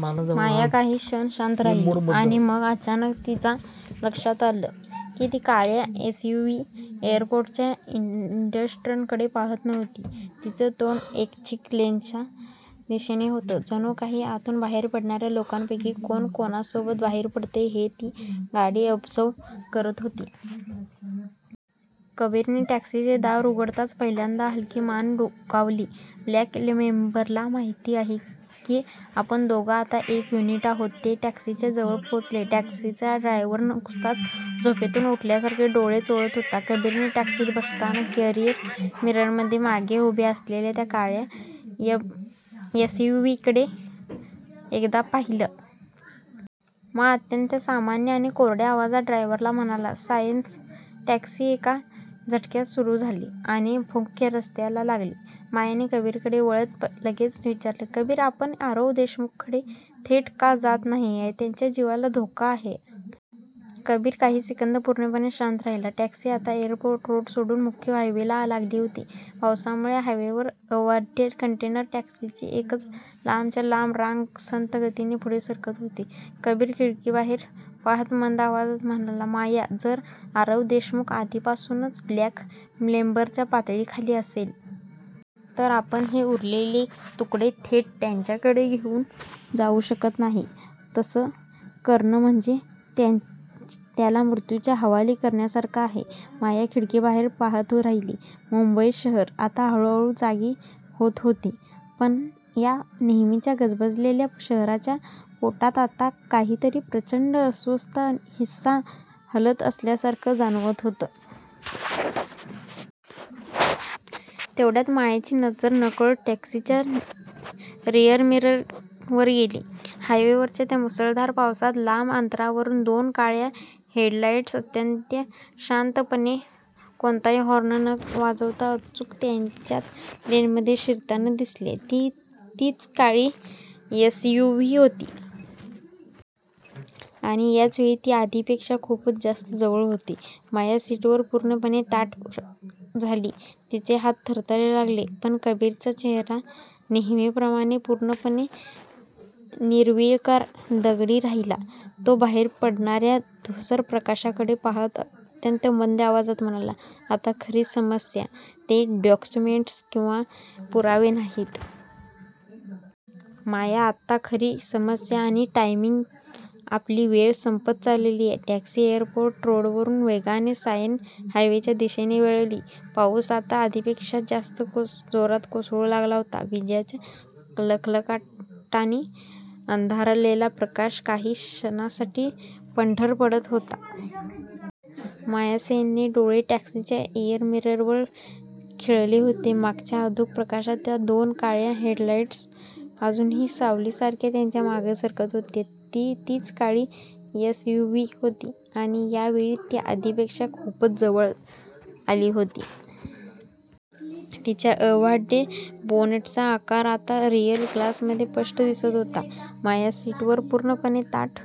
माया काही क्षण शांत राहिली, आणि मग अचानक तिच्या लक्षात आलं, ती काळी एसयूव्ही एअरपोर्टच्या एंट्रन्सकडे पाहत नव्हती. तिचं तोंड एक्झिट लेनच्या दिशेने होतं. जणू काही आतून बाहेर पडणाऱ्या लोकांपैकी कोण कोणासोबत बाहेर पडतंय, हे ती गाडी ऑब्झर्व्ह करत होती. कबीरने टॅक्सीचं दार उघडताच पहिल्यांदा हलकी मान डोलावली. ब्लॅक एम्बरला माहिती आहे की, आपण दोघं आता एक युनिट आहोत. " ते टॅक्सीच्या जवळ पोहोचले. टॅक्सीचा ड्रायव्हर नुकताच झोपेतून उठल्यासारखा डोळे चोळत होता. कबीरने टॅक्सीत बसताना रिअर मिररमधून मागे उभ्या असलेल्या त्या काळ्या एसयूव्हीकडे एकदा पाहिलं. मग अत्यंत सामान्य आणि कोरड्या आवाजात ड्रायव्हरला म्हणाला, "सायन. " टॅक्सी एका झटक्यात सुरू झाली आणि मुख्य रस्त्याला लागली. मायाने कबीरकडे वळत लगेच विचारलं, "कबीर, आपण आरव देशमुखकडे थेट का जात नाहीये? त्याच्या जीवाला धोका आहे! " कबीर काही सेकंद पूर्णपणे शांत राहिला. टॅक्सी आता एअरपोर्ट रोड सोडून मुख्य हायवेला लागली होती. पावसामुळे हायवेवर अवाढव्य कंटेनर ट्रक्सची एक लांबच्या लांब रांग संथ गतीने पुढे सरकत होती. कबीर खिडकीबाहेर पाहत मंद आवाजात म्हणाला, "माया, जर आरव देशमुख आधीपासूनच ब्लॅक एम्बरच्या पाळतीखाली असेल. तर आपण हे उरलेले तुकडे थेट त्याच्याकडे घेऊन जाऊ शकत नाही. तसं करणं म्हणजे त्याला मृत्यूच्या हवाली करण्यासारखं आहे. " माया खिडकीबाहेर पाहत राहिली. मुंबई शहर आता हळूहळू जागी होत होती. पण या नेहमीच्या गजबजलेल्या शहराच्या पोटात आत्ता काहीतरी प्रचंड अस्वस्थ, हिंस्त्र हलत असल्यासारखं जाणवत होतं. तेवढ्यात, मायाची नजर नकळत टॅक्सीच्या रिअर मिररवर गेली. हायवेवरच्या त्या मुसळधार पावसात, लांब अंतरावरून दोन काळ्या हेडलाईट्स अत्यंत शांतपणे, कोणताही हॉर्न न वाजवता अचूक त्यांच्याच लेनमध्ये शिरताना दिसल्या. ती तीच काळी एसयूव्ही होती. आणि यावेळी ती आधीपेक्षा खूपच जास्त जवळ होती. माया सीटवर पूर्णपणे ताठ झाली, तिचे हात थरथरायला लागले. पण कबीरचा चेहरा नेहमीप्रमाणेच पूर्णपणे निर्विकार, दगडी राहिला. तो बाहेर पडणाऱ्या धूसर प्रकाशाकडे पाहत अत्यंत मंद आवाजात म्हणाला, "आता खरी समस्या ते डॉक्युमेंट्स किंवा पुरावे नाहीत. माया, आता खरी समस्या आणि टायमिंग आपली वेळ संपत चाललीये. " टॅक्सी एअरपोर्ट रोडवरून वेगाने सायन हायवेच्या दिशेने वळली. पाऊस आता आधीपेक्षाही जास्त जोरात कोसळू लागला होता. विजांच्या लखलखाट्यांनी अंधारलेलं प्रकाश काही क्षणांसाठी पांढरं पडत होतं. माया सेनचे डोळे टॅक्सीच्या रिअर मिररवर खिळले होते. मागच्या अंधुक प्रकाशात त्या दोन काळ्या हेडलाईट्स अजूनही सावलीसारख्या त्यांच्या मागे सरकत होत्या. ती तीच काळी एसयूव्ही होती. आणि या वेळी, ती आधीपेक्षा खूपच जास्त जवळ आली होती. तिच्या अवाढव्य बोनेटचा आकार आता रिअर ग्लासमध्ये स्पष्ट दिसत होता. माया सीटवर पूर्णपणे ताठ--